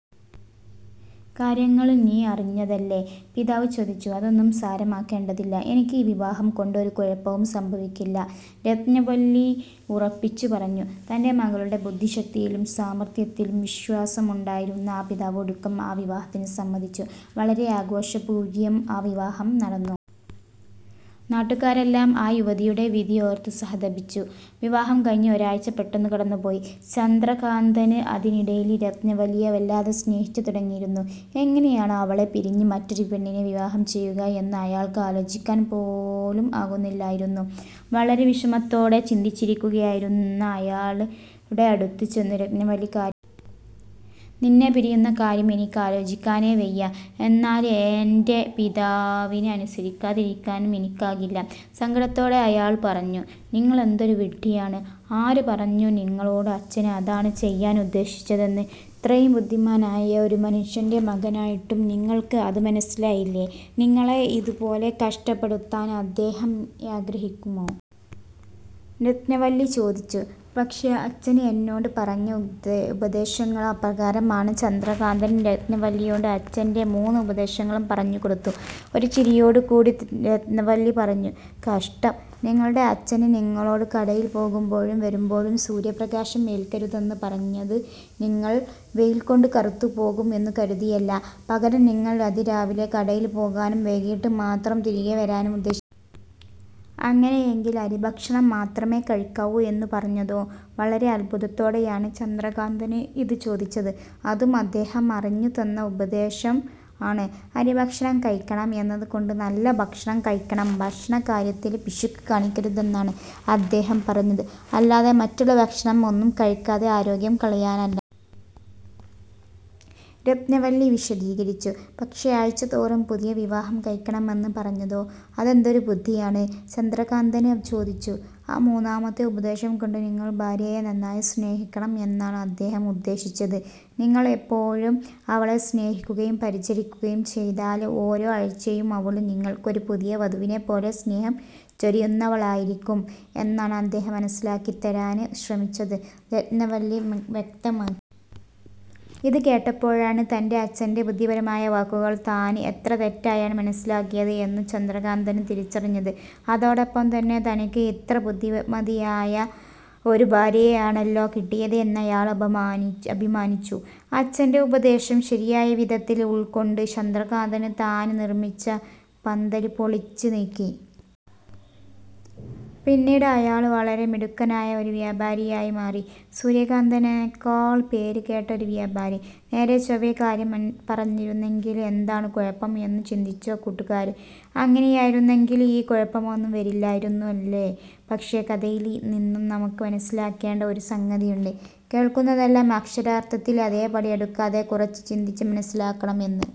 കാര്യങ്ങള് നീ അറിഞ്ഞതല്ലെ? " പിതാവ് ചോദിച്ചു "അതൊന്നും സാരമാക്കേണ്ടതില്ല. എനിക്ക് ഈ വിവാഹം കൊണ്ട് ഒരു കുഴപ്പവും സംഭവിക്കില്ല" രത്നവല്ലി ഉറപ്പിച്ചു പറഞ്ഞു. തന്റെ മകളുടെ ബുദ്ധിശക്തിയിലും സാമര്ത്ഥ്യത്തിലും വിശ്വാസമുണ്ടായിരുന്ന ആ പിതാവ് ഒടുക്കം ആ വിവാഹത്തിന് സമ്മതിച്ചു. വളരെ ആഘോഷപൂര്വം ആ വിവാഹം നടന്നു. നാട്ടുകാരെല്ലാം ആ യുവതിയുടെ വിധിയോര്ത്ത് സഹതപിച്ചു. വിവാഹം കഴിഞ്ഞ് ഒരാഴ്ച പെട്ടെന്നു കടന്നു പോയി. ചന്ദ്രകാന്തന് അതിനിടയില് രത്നവല്ലിയെ വല്ലാതെ സ്നേഹിച്ചു തുടങ്ങിയിരുന്നു. എങ്ങിനെയാണ് അവളെ പിരിഞ്ഞ് മറ്റൊരു പെണ്ണിനെ വിവാഹം ചെയ്യുക എന്ന് അയാള്ക്ക് ആലോചിക്കാന് പോലും ആകുന്നില്ലായിരുന്നു. വളരെ വിഷമത്തോടെ ചിന്തിച്ചിരിക്കുകയായിരുന്ന അയാളുടെ അടുത്ത് ചെന്നു രത്നവല്ലി കാര്യ "നിന്നെ പിരിയുന്ന കാര്യം എനിക്കാലോചിക്കാനേ വയ്യ. എന്നാല് ഏന്റെ പിതാവിനെ അനുസരിക്കാതിരിക്കാനും എനിക്കാകില്ല" സങ്കടത്തോടെ അയാള് പറഞ്ഞു. "നിങ്ങളെന്തൊരു വിഡ്ഡിയാണ്. ആര് പറഞ്ഞു നിങ്ങളോട് അച്ഛന് അതാണ് ചെയ്യാന് ഉപദേശിച്ചതെന്ന്. ഇത്രയും ബുദ്ധിമാനായ ഒരു മനുഷ്യന്റെ മകനായിട്ടും നിങ്ങള്ക്ക് അത് മനസ്സിലായില്ലേ? നിങ്ങളെ ഇത് പോലെ കഷ്ടപ്പെടുത്താന് അദ്ദേഹം ആഗ്രഹിക്കുമോ? " രത്നവല്ലി ചോദിച്ചു. "പക്ഷേ അച്ഛന് എന്നോടു പറഞ്ഞ ഉപദേശങ്ങള് അപ്രകാരമാണ്. " ചന്ദ്രകാന്തന് രത്നവല്ലിയോട് അച്ചന്റെ മൂന്ന് ഉപദേശങ്ങളും പറഞ്ഞു കൊടുത്തു. ഒരു ചിരിയോട് കൂടി രത്നവല്ലി പറഞ്ഞു. "കഷ്ടം. നിങ്ങളുടെ അച്ഛന് നിങ്ങളോട് കടയില് പോകുമ്പോഴും വരുമ്പോഴും സൂര്യപ്രകാശം ഏൽക്കരുതെന്ന് പറഞ്ഞത് നിങ്ങള് വെയില് കൊണ്ട് കറുത്ത് പോകും എന്നു കരുതിയല്ല, പകരം നിങ്ങള് അതിരാവിലെ കടയില് പോകാനും, വൈകീട്ട് മാത്രം തിരികെ വരാനും ഉദ്ദേശി " "അങ്ങിനെയെങ്കില് അരിഭക്ഷണം മാത്രമേ കഴിക്കാവൂ എന്നു പറഞ്ഞതോ? " വളരെ അത്ഭുതത്തോടെയാണ് ചന്ദ്രകാന്തന് ഇത് ചോദിച്ചത്. "അതും അദ്ധേഹം അറിഞ്ഞു തന്ന ഉപദേശം ആണ്. അരി ഭക്ഷണം കഴിക്കണം എന്നത് കൊണ്ട് നല്ല ഭക്ഷണം കഴിക്കണം, ഭക്ഷണകാര്യത്തില് പിശുക്ക് കാണിക്കരുതെന്നാണ് അദ്ദേഹം പറഞ്ഞത്. അല്ലാതെ മറ്റുള്ള ഭക്ഷണം ഒന്നും കഴിക്കാതെ ആരോഗ്യം കളയാനല്ല! " രത്നവല്ലി വിശദീകരിച്ചു. "പക്ഷേ, ആഴ്ച തോറും പുതിയ വിവാഹം കഴിക്കണമെന്ന് പറഞ്ഞതോ? അതെന്തൊരു ബുദ്ധിയാണ്? " ചന്ദ്രകാന്തന് ചോദിച്ചു. "ആ മൂന്നാമത്തെ ഉപദേശം കൊണ്ട് നിങ്ങള് ഭാര്യയെ നന്നായി സ്നേഹിക്കണം എന്നാണ് അദ്ദേഹം ഉദ്ദേശിച്ചത്. നിങ്ങള് എപ്പോഴും അവളെ സ്നേഹിക്കുകയും പരിചരിക്കുകയും ചെയ്താല് ഓരോ ആഴ്ചയും അവള് നിങ്ങള്ക്ക് ഒരു പുതിയ വധുവിനെപ്പോലെ സ്നേഹം ചൊരിയുന്നവളായിരിക്കും എന്നാണ് അദ്ദേഹം മനസ്സിലാക്കിത്തരാന് ശ്രമിച്ചത്" രത്നവല്ലി വ്യക്തമാ ഇത് കേട്ടപ്പോഴാണ് തന്റെ അച്ചന്റെ ബുദ്ധിപരമായ വാക്കുകള് താന് എത്ര തെറ്റായാണ് മനസ്സിലാക്കിയത് എന്നു ചന്ദ്രകാന്തന് തിരിച്ചറിഞ്ഞത്. അതോടൊപ്പം തന്നെ തനിക്ക് ഇത്ര ബുദ്ധിമതിയായ ഒരു ഭാര്യയെയാണല്ലോ കിട്ടിയത് എന്നയാള് അഭിമാനിച്ചു. അച്ചന്റെ ഉപദേശം ശരിയായ വിധത്തില് ഉള്കൊണ്ട് ചന്ദ്രകാന്തന് താന് നിര്മ്മിച്ച പന്തല് പൊളിച്ച് നീക്കി. പിന്നീട് അയാള് വളരെ മിടുക്കനായ ഒരു വ്യാപാരിയായി മാറി സൂര്യകാന്തന്നെക്കാൾ പേര് കേട്ട ഒരു വ്യാപാരി. നേരെചൊവ്വേ കാര്യം പറഞ്ഞിരുന്നെങ്കില് എന്താണ് കുഴപ്പം എന്നു ചിന്തിച്ചോ കൂട്ടുകാര്? അങ്ങിനെയായിരുന്നെങ്കില് ഈ കുഴപ്പമൊന്നും വരില്ലായിരുന്നു അല്ലേ? പക്ഷേ കഥയില് നിന്നും നമുക്ക് മനസ്സിലാക്കേണ്ട ഒരു സംഗതിയുണ്ട് കേള്ക്കുന്നതെല്ലാം അക്ഷരാര്ത്ഥത്തില് അതേപടി എടുക്കാതെ കുറച്ച് ചിന്തിച്ച് മനസ്സിലാക്കണം എന്ന്.